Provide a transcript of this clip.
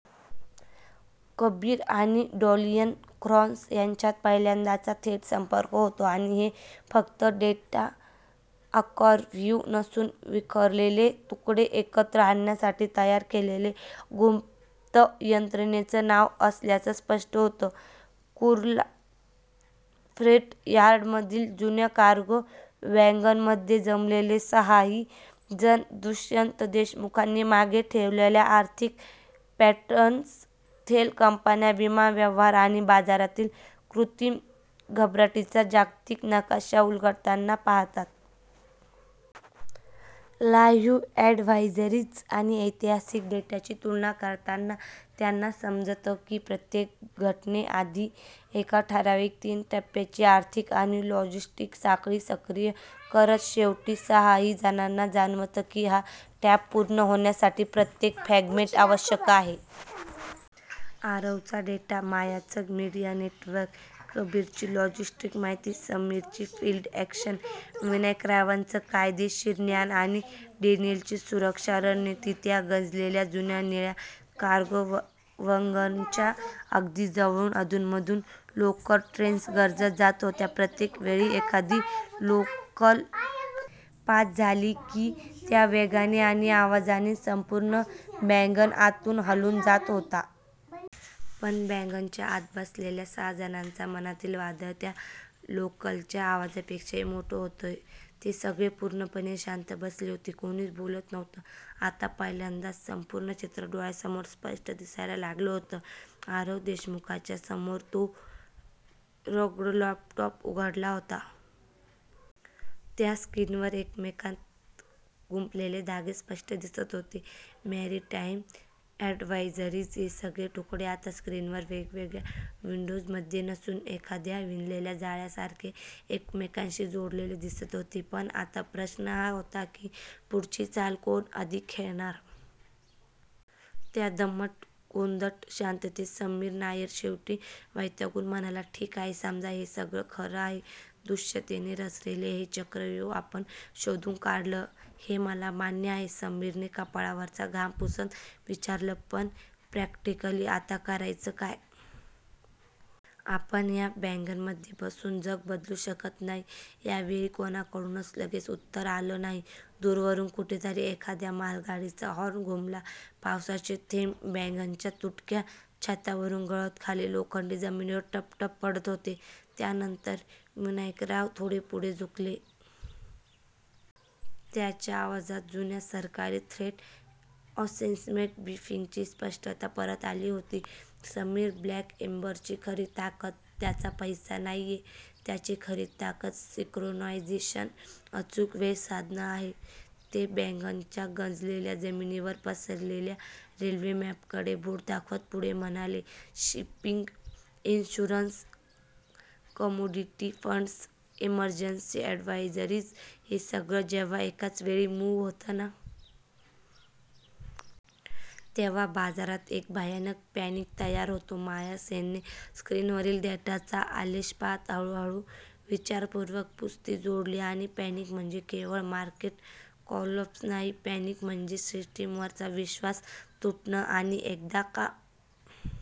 कबीर आणि Daniel Cross यांच्यात पहिल्यांदाच थेट संपर्क होतो आणि हे फक्त डेटा आर्काइव्ह नसून विखुरलेले तुकडे एकत्र आणण्यासाठी तयार केलेलं गुप्त यंत्रणेचं नाव असल्याचं स्पष्ट होतं. कुर्ला फ्रेट यार्डमधील जुन्या कार्गो वॅगनमध्ये जमलेले सहाही जण दुष्यंत देशमुखांनी मागे ठेवलेल्या आर्थिक पॅटर्न्स, शेल कंपन्या, विमा व्यवहार आणि बाजारातील कृत्रिम घबराटीचा जागतिक नकाशा उलगडताना पाहतात. लाईव्ह अॅडव्हायझरीज आणि ऐतिहासिक डेटाची तुलना करताना त्यांना समजतं की प्रत्येक घटने आधी एक ठरावीक तीन-टप्प्यांची आर्थिक आणि लॉजिस्टिक साखळी सक्रिय करतं. शेवटी सहाही जणांना जाणवतं की हा ट्रॅप पूर्ण होण्यासाठी प्रत्येक फ्रॅगमेंट आवश्यक आहे. आरवचा डेटा, मायाचं मीडिया नेटवर्क, कबीरची लॉजिस्टिक्स माहिती, समीरची फिल्ड अॅक्शन, विनायकरावांचं कायदेशीर ज्ञान आणि डॅनियलची सुरक्षा रणनीती. त्या गंजलेल्या जुन्या निळ्या कार्गो वॅगनच्या अगदी जवळून अधूनमधून लोकल ट्रेन्स गर्जत जात होत्या. प्रत्येक वेळी एखादी लोकल पास झाली की त्या वेगाने आणि आवाजाने संपूर्ण वॅगन आतून हलून जात होता. पण वॅगनच्या आत बसलेल्या सहा जणांच्या मनातील वादळ त्या लोकलच्या आवाजापेक्षाही मोठं होतं. ते सगळे पूर्णपणे शांत बसले होते. कोणीच बोलत नव्हतं. आता पहिल्यांदाच संपूर्ण चित्र डोळ्यांसमोर स्पष्ट दिसायला लागलं होतं. आरव देशमुखच्या समोर तो रग्ड लॅपटॉप उघडा होता. त्या स्क्रीनवर एकमेकांत गुंफलेले धागे स्पष्ट दिसत होते: मॅरिटाईम अॅडव्हायझरीज हे सगळे तुकडे आता स्क्रीनवर वेगवेगळ्या विंडोजमध्ये नसून, एखाद्या विणलेल्या जाळ्यासारखे एकमेकांशी जोडलेले दिसत होते. पण आता प्रश्न हा होता की पुढची चाल कोण आधी खेळणार? त्या दमट, कोंदट शांततेत समीर नायर शेवटी वैतागून म्हणाला, "ठीक आहे. समजा हे सगळं खरं आहे. दुष्यंतने रचलेले हे चक्रव्यूह आपण शोधून काढलं, हे मला मान्य आहे." समीरने कपाळावरचा घाम पुसत विचारलं," पण प्रॅक्टिकली आता करायचं काय? आपण या वॅगनमध्ये बसून जग बदलू शकत नाही." यावेळी कोणाकडूनच लगेच उत्तर आलं नाही. दूरवरून कुठेतरी एखाद्या मालगाडीचा हॉर्न घुमला. पावसाचे थेंब वॅगनच्या तुटक्या छतावरून गळत खाली लोखंडी जमिनीवर 'टप-टप' पडत होते. त्यानंतर विनायकराव थोडे पुढे झुकले. त्यांच्या आवाजात जुन्या सरकारी 'थ्रेट अॅसेसमेंट ब्रीफिंग'ची स्पष्टता परत आली होती. "समीर, ब्लॅक एम्बरची खरी ताकद त्यांचा पैसा नाहीये. त्यांची खरी ताकद 'सिंक्रोनायझेशन' अचूक वेळ साधणं आहे." ते वॅगनच्या गंजलेल्या जमिनीवर पसरलेल्या रेल्वे मॅपकडे बोट दाखवत पुढे म्हणाले, "shipping insurers, commodity funds, emergency advisories हे सगळं जेव्हा एकाच वेळी, मूव्ह होतं ना. तेव्हा बाजारात एक भयानक पॅनिक तयार होतो." माया सेनने स्क्रीनवरील डेटाचा आलेख पाहत हळूहळू, विचारपूर्वक पुस्ती जोडली, आणि पॅनिक म्हणजे केवळ मार्केट कोलॅप्स नाही, पॅनिक म्हणजे सिस्टीमवरचा 'विश्वास तुटणं' आणि एकदा का